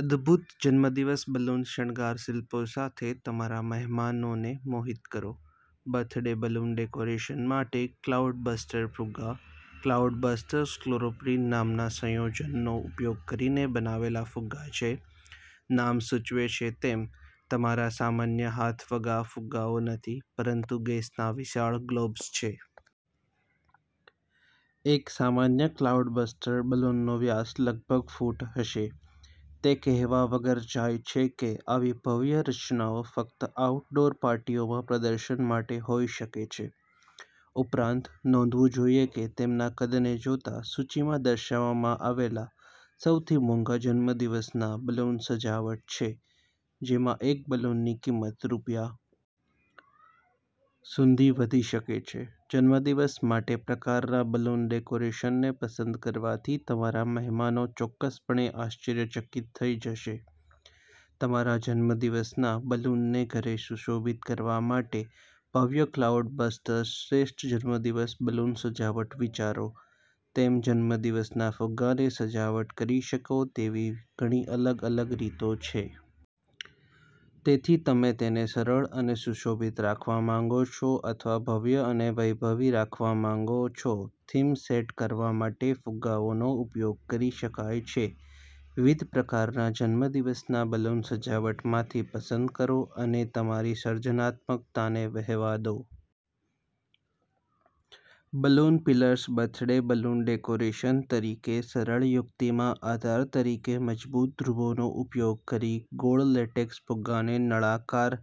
અદ્ભુત જન્મદિવસ બલૂન શણગાર શિલ્પો સાથે તમારા મહેમાનોને મોહિત કરો. બર્થડે બલૂન ડેકોરેશન માટે ક્લાઉડબસ્ટર ફુગ્ગા ક્લાઉડબસ્ટર્સક્લોરોપ્રીન નામના સંયોજનનો ઉપયોગ કરીને બનાવેલા ફુગ્ગા છે. નામ સૂચવે છે તેમ, તમારા સામાન્ય હાથવગા ફુગ્ગાઓ નથી, પરંતુ ગેસના વિશાળ ગ્લોબ્સ છે. એક સામાન્ય ક્લાઉડબસ્ટર બલૂનનો વ્યાસ લગભગ ફૂટ હશે. તે કહેવા વગર જાય છે કે આવી ભવ્ય રચનાઓ ફક્ત આઉટડોર પાર્ટીઓમાં પ્રદર્શન માટે યોગ્ય હોઈ શકે છે. ઉપરાંત, નોંધવું જોઈએ કે તેમના કદને જોતાં, સૂચિમાં દર્શાવવામાં આવેલસૌથી મોંઘા જન્મદિવસના બલૂન સજાવટ છે, જેમાં એક બલૂનની કિંમત રૂ. સુધી વધી શકે છે. જન્મદિવસ માટેપ્રકારના બલૂન ડેકોરેશનને પસંદ કરવાથી તમારા મહેમાનો ચોક્કસપણે આશ્ચર્યચકિત થઈ જશે. તમારા જન્મદિવસના બલૂનને ઘરે સુશોભિત કરવા માટે ભવ્ય ક્લાઉડબસ્ટર્સ શ્રેષ્ઠ જન્મદિવસ બલૂન સજાવટ વિચારો તમે જન્મદિવસના ફુગ્ગાને સજાવટ કરી શકો તેવી ઘણી અલગ અલગ રીતો છે. તેથી તમે તેને સરળ અને સુશોભિત રાખવા માંગો છો, અથવા ભવ્ય અને વૈભવી રાખવા માંગો છોથીમ સેટ કરવા માટે ફુગ્ગાઓનો ઉપયોગ કરી શકાય છે. વિવિધ પ્રકારના જન્મદિવસના બલૂન સજાવટમાંથી પસંદ કરો અને તમારી સર્જનાત્મકતાને વહેવા દો. Balloon pillars birthday balloon decoration તરીકેસરળ યુક્તિમાં આધાર તરીકે મજબૂત ધ્રુવનો ઉપયોગ કરીને ગોળ લેટેક્સ ફુગ્ગાને નળાકાર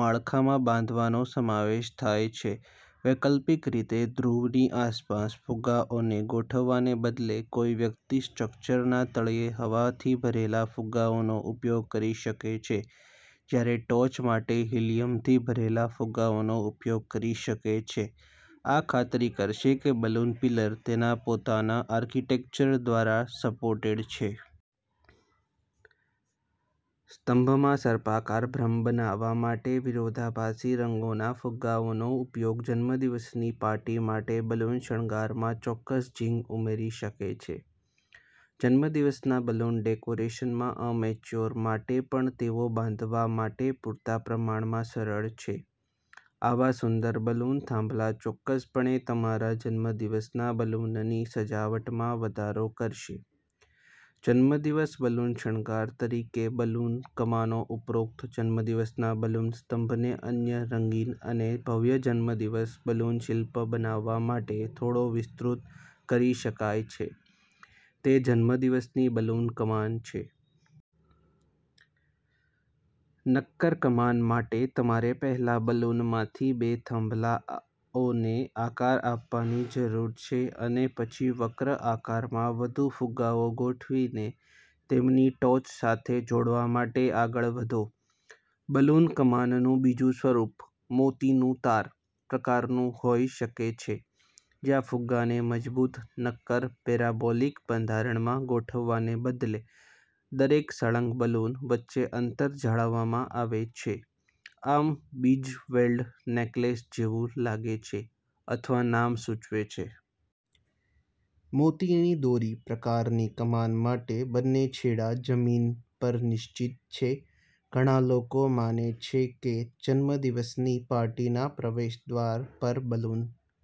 માળખામાં બાંધવાનો સમાવેશ થાય છે. વૈકલ્પિક રીતે, ધ્રુવની આસપાસ ફુગ્ગાઓ ગોઠવવાને બદલે, કોઈ વ્યક્તિ સ્ટ્રક્ચરના તળિયે હવાથી ભરેલા ફુગ્ગાઓનો ઉપયોગ કરી શકે છે જ્યારે ટોચ માટે હિલિયમથી ભરેલા ફુગ્ગાઓનો ઉપયોગ કરી શકે છેઆ ખાતરી કરશે કે બલૂન પિલર તેના પોતાના આર્કિટેક્ચર દ્વારા સપોર્ટેડ છે. સ્તંભમાં સર્પાકાર ભ્રમ બનાવવા માટે વિરોધાભાસી રંગોના ફુગ્ગાઓનો ઉપયોગ જન્મદિવસની પાર્ટી માટે બલૂન શણગારમાં ચોક્કસ ઝિંગ ઉમેરી શકે છે. જન્મદિવસના બલૂન ડેકોરેશનમાં એમેચ્યોર માટે પણ તેઓ બાંધવા માટે પૂરતા પ્રમાણમાં સરળ છે. આવા સુંદર બલૂન થાંભલા ચોક્કસપણે તમારા જન્મદિવસના બલૂનની સજાવટમાં વધારો કરશેજન્મદિવસ બલૂન શણગાર તરીકે બલૂન કમાનો ઉપરોક્ત જન્મદિવસના બલૂન સ્તંભને અન્ય રંગીન અને ભવ્ય જન્મદિવસ બલૂન શિલ્પ બનાવવા માટે થોડો વધુ વિસ્તૃત કરી શકાય છે, તે જન્મદિવસની બલૂન કમાન છે. નક્કર કમાન માટે તમારે પહેલા બલૂનમાંથી બે થાંભલાઓને આકાર આપવાની જરૂર છે અને પછી વક્ર આકારમાં વધુ ફુગ્ગાઓ ગોઠવીને તેમની ટોચ સાથે જોડાવા માટે આગળ વધો. બલૂન કમાનનું બીજું સ્વરૂપ "મોતીનું તાર" પ્રકારનું હોઈ શકે છે જ્યાં ફુગ્ગાને મજબૂત, નક્કર પેરાબોલિક બંધારણમાં ગોઠવવાને બદલે, દરેક સળંગ બલૂન વચ્ચે અંતર જાળવવામાં આવે છે, આમ બિજ્વેલ્ડ નેકલેસ જેવું લાગે છે, અથવા નામ સૂચવે છે. મોતીની દોરી. પ્રકારની કમાન માટે, બંને છેડા જમીન પર નિશ્ચિત છે. ઘણા લોકો માને છે કે જન્મદિવસની પાર્ટીના પ્રવેશદ્વાર પર બલૂન